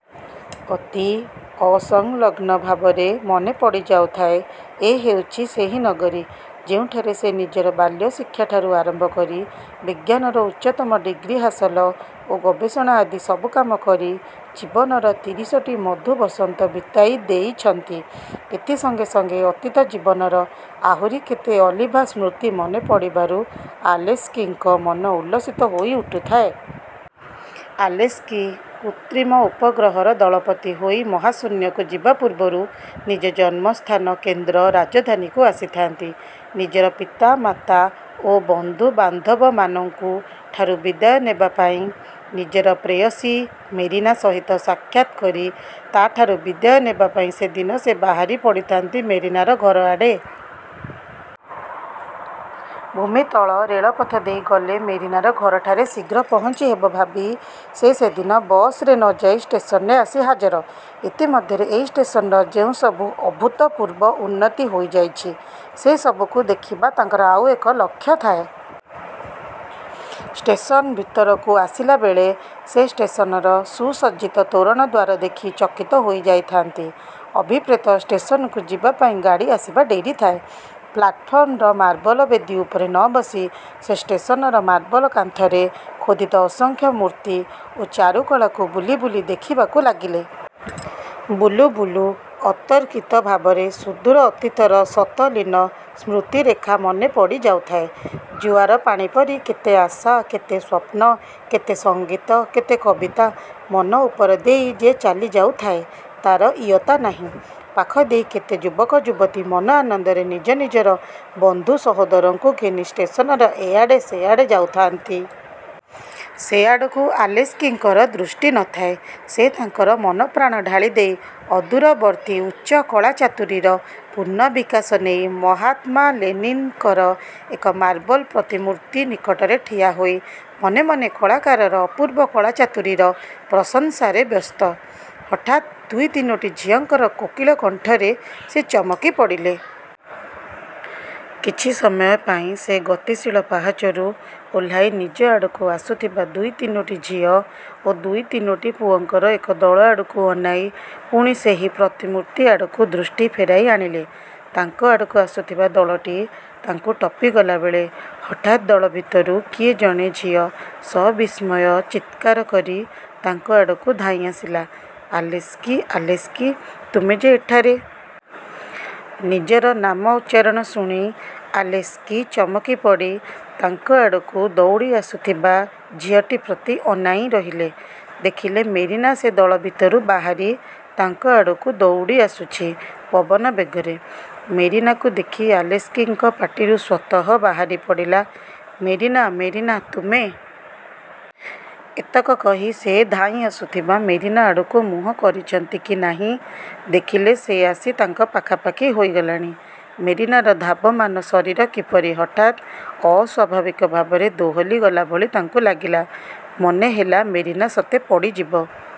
ଅତି ଅସଂଲଗ୍ନ ଭାବରେ ମନେ ପଡ଼ିଯାଉଥାଏ, ଏ ହେଉଛି ସେହି ନଗରୀ; ଯେଉଁଠାରେ ସେ ନିଜର ବାଲ୍ୟଶିକ୍ଷାଠାରୁ ଆରମ୍ଭ କରି ବିଜ୍ଞାନର ଉଚ୍ଚତମ ଡିଗ୍ରୀ ହାସଲ ଓ ଗବେଷଣା ଆଦି ସବୁ କାମ କରି ଜୀବନର ତିରିଶଟି ମଧୁବସନ୍ତ ବିତାଇ ଦେଇଛନ୍ତି। ଏଥି ସଙ୍ଗେ ସଙ୍ଗେ ଅତୀତ ଜୀବନର ଆହୁରି କେତେ ଅଲିଭା ସ୍ମୃତି ମନେ ପଡ଼ିବାରୁ ଆଲେସ୍କିଙ୍କ ମନ ଉଲ୍ଲସିତ ହୋଇ ଉଠୁଥାଏ। ଆଲେସ୍କି କୃତ୍ରିମ ଉପଗ୍ରହର ଦଳପତି ହୋଇ ମହାଶୂନ୍ୟକୁ ଯିବା ପୂର୍ବରୁ ନିଜ ଜନ୍ମସ୍ଥାନ କେନ୍ଦ୍ର ରାଜଧାନୀକୁ ଆସିଥାନ୍ତି, ନିଜର ପିତାମାତା ଓ ବନ୍ଧୁବାନ୍ଧବମାନଙ୍କୁ ଠାରୁ ବିଦାୟ ନେବାପାଇଁ-। ନିଜର ପ୍ରେୟସୀ ମେରିନା ସହିତ ସାକ୍ଷାତ୍ କରି ତା'ଠାରୁ ବିଦାୟ ନେବାପାଇଁ ସେଦିନ ସେ ବାହାରି ପଡ଼ିଥାନ୍ତି ମେରିନାର ଘରଆଡ଼େ। ଭୂମିତଳ ରେଳପଥ ଦେଇ ଗଲେ ମେରିନାର ଘରଠାରେ ଶୀଘ୍ର ପହଞ୍ଚି ହେବ ଭାବି, ସେ ସେଦିନ ବସ୍ରେ ନଯାଇ ଷ୍ଟେସନରେ ଆସି ହାଜର। ଇତି ମଧ୍ୟରେ ଏଇ ଷ୍ଟେସନର ଯେଉଁ ସବୁ ଅଭୁତପୂର୍ବ ଉନ୍ନତି ହୋଇଯାଇଛି। ସେସବୁକୁ ଦେଖିବା ତାଙ୍କର ଆଉ ଏକ ଲକ୍ଷ୍ୟ ଥାଏ। ଷ୍ଟେସନ ଭିତରକୁ ଆସିଲାବେଳେ ସେ ଷ୍ଟେସନର ସୁସଜ୍ଜିତ ତୋରଣଦ୍ୱାର ଦେଖି ଚକିତ ହୋଇ ଯାଇଥାନ୍ତି। ଅଭିପ୍ରେତ ଷ୍ଟେସନକୁ ଯିବାପାଇଁ ଗାଡ଼ି ଆସିବା ଡେରି ଥାଏ। ପ୍ଲାଟଫର୍ମର ମାର୍ବଲ ବେଦୀ ଉପରେ ନ ବସି ସେ ଷ୍ଟେସନର ମାର୍ବଲ କାନ୍ଥରେ ଖୋଦିତ ଅସଂଖ୍ୟ ମୂର୍ତ୍ତି ଓ ଚାରୁକଳାକୁ ବୁଲି ବୁଲି ଦେଖିବାକୁ ଲାଗିଲେ। ବୁଲୁ ବୁଲୁ ଅତର୍କିତ ଭାବରେ ସୁଦୂର ଅତୀତର ଶତ ଲୀନ ସ୍କୃତିରେଖା ମନେପଡ଼ି ଯାଉଥାଏ। ଜୁଆର-ପାଣି ପରି କେତେ ଆଶା, କେତେ ସ୍ୱପ୍ନ, କେତେ ସଙ୍ଗୀତ, କେତେ କବିତା ମନ ଉପରଦେଇ ଯେ ଚାଲିଯାଉ ଥାଏ, ତାର ଇୟତ୍ତା ନାହିଁ। ପାଖ ଦେଇ କେତେ ଯୁବକ ଯୁବତୀ ମନ ଆନନ୍ଦରେ ନିଜ ନିଜର ବନ୍ଧୁ ସହୋଦରଙ୍କୁ ଘେନି ଷ୍ଟେସନର ଏଆଡ଼େ ସେଆଡ଼େ ଯାଉଥାନ୍ତି। ସେଆଡ଼କୁ ଆଲେସ୍କିଙ୍କର ଦୃଷ୍ଟି ନ ଥାଏ। ସେ ତାଙ୍କର ମନପ୍ରାଣ ଢାଳିଦେଇ ଅଦୂରବର୍ତ୍ତୀ ଉଚ୍ଚ କଳାଚାତୁରୀର ପୂର୍ଣ୍ଣବିକାଶ ନେଇ ମହାତ୍ମା ଲେନିନ୍ଙ୍କର ଏକ ମାର୍ବଲ ପ୍ରତିମୂର୍ତ୍ତ ନିକଟରେ ଠିଆହୋଇ ମନେମନେ କଳାକାରର ଅପୂର୍ବ କଳାଚାତୁରୀର ପ୍ରଶଂସାରେ ବ୍ୟସ୍ତ। ହଠାତ୍ ଦୁଇ ତିନୋଟି ଝିଅଙ୍କର କୋକିଳ କଣ୍ଠରେ ସେ ଚମକି ପଡ଼ିଲେ। କିଛି ସମୟ ପାଇଁ ସେ ଗତିଶୀଳ ପାହାଚରୁ ଓହ୍ଲାଇ ନିଜ ଆଡ଼କୁ ଆସୁଥିବା ଦୁଇ ତିନୋଟି ଝିଅ ଓ ଦୁଇ ତିନୋଟି ପୁଅଙ୍କର ଏକ ଦଳଆଡ଼କୁ ଅନାଇ ପୁଣି ସେହି ପ୍ରତିମୂର୍ତ୍ତି ଆଡ଼କୁ ଦୃଷ୍ଟି ଫେରାଇ ଆଣିଲେ। ତାଙ୍କ ଆଡ଼କୁ ଆସୁଥିବା ଦଳଟି ତାଙ୍କୁ ଟପି ଗଲାବେଳେ ହଠାତ୍ ଦଳ ଭିତରୁ କିଏ ଜଣେ ଝିଅ ସବିସ୍ମୟ ଚିତ୍କାର କରି ତାଙ୍କ ଆଡ଼କୁ ଧାଇଁଆସିଲା-''ଆଲେସ୍କି, ଆଲେସ୍କି, ତୁମେ ଯେ ଏଠାରେ? '' ନିଜର ନାମ ଉଚ୍ଚାରଣ ଶୁଣି ଆଲେସ୍କି ଚମକିପଡ଼ି ତାଙ୍କ ଆଡ଼କୁ ଦୌଡ଼ିଆସୁଥିବା ଝିଅଟି ପ୍ରତି ଅନାଇଁ ରହିଲେ। ଦେଖିଲେ, ମେରିନା ସେ ଦଳ ଭିତରୁ ବାହାରି ତାଙ୍କ ଆଡ଼କୁ ଦୌଡ଼ିଆସୁଛି ପବନ ବେଗରେ। ମେରିନାକୁ ଦେଖି ଆଲେସ୍କିଙ୍କ ପାଟିରୁ ସ୍ୱତଃ ବାହାରି ପଡ଼ିଲା, ''ମେରିନା, ମେରିନା, ତୁମେ! '' ଏତକ କହି ସେ ଧାଇଁଆସୁଥିବା ମେରିନା ଆଡ଼କୁ ମୁହଁ କରିଛନ୍ତି କି ନାହିଁ, ଦେଖିଲେ ସେ ଆସି ତାଙ୍କ ପାଖାପାଖି ହୋଇଗଲାଣି। ମେରିନାର ଧାବମାନ ଶରୀର କିପରି ହଠାତ୍ ଅସ୍ୱାଭାବିକ ଭାବରେ ଦୋହଲି ଗଲାଭଳି ତାଙ୍କୁ ଲାଗିଲା। ମନେ ହେଲା ମେରିନା ସତେ ପଡ଼ିଯିବ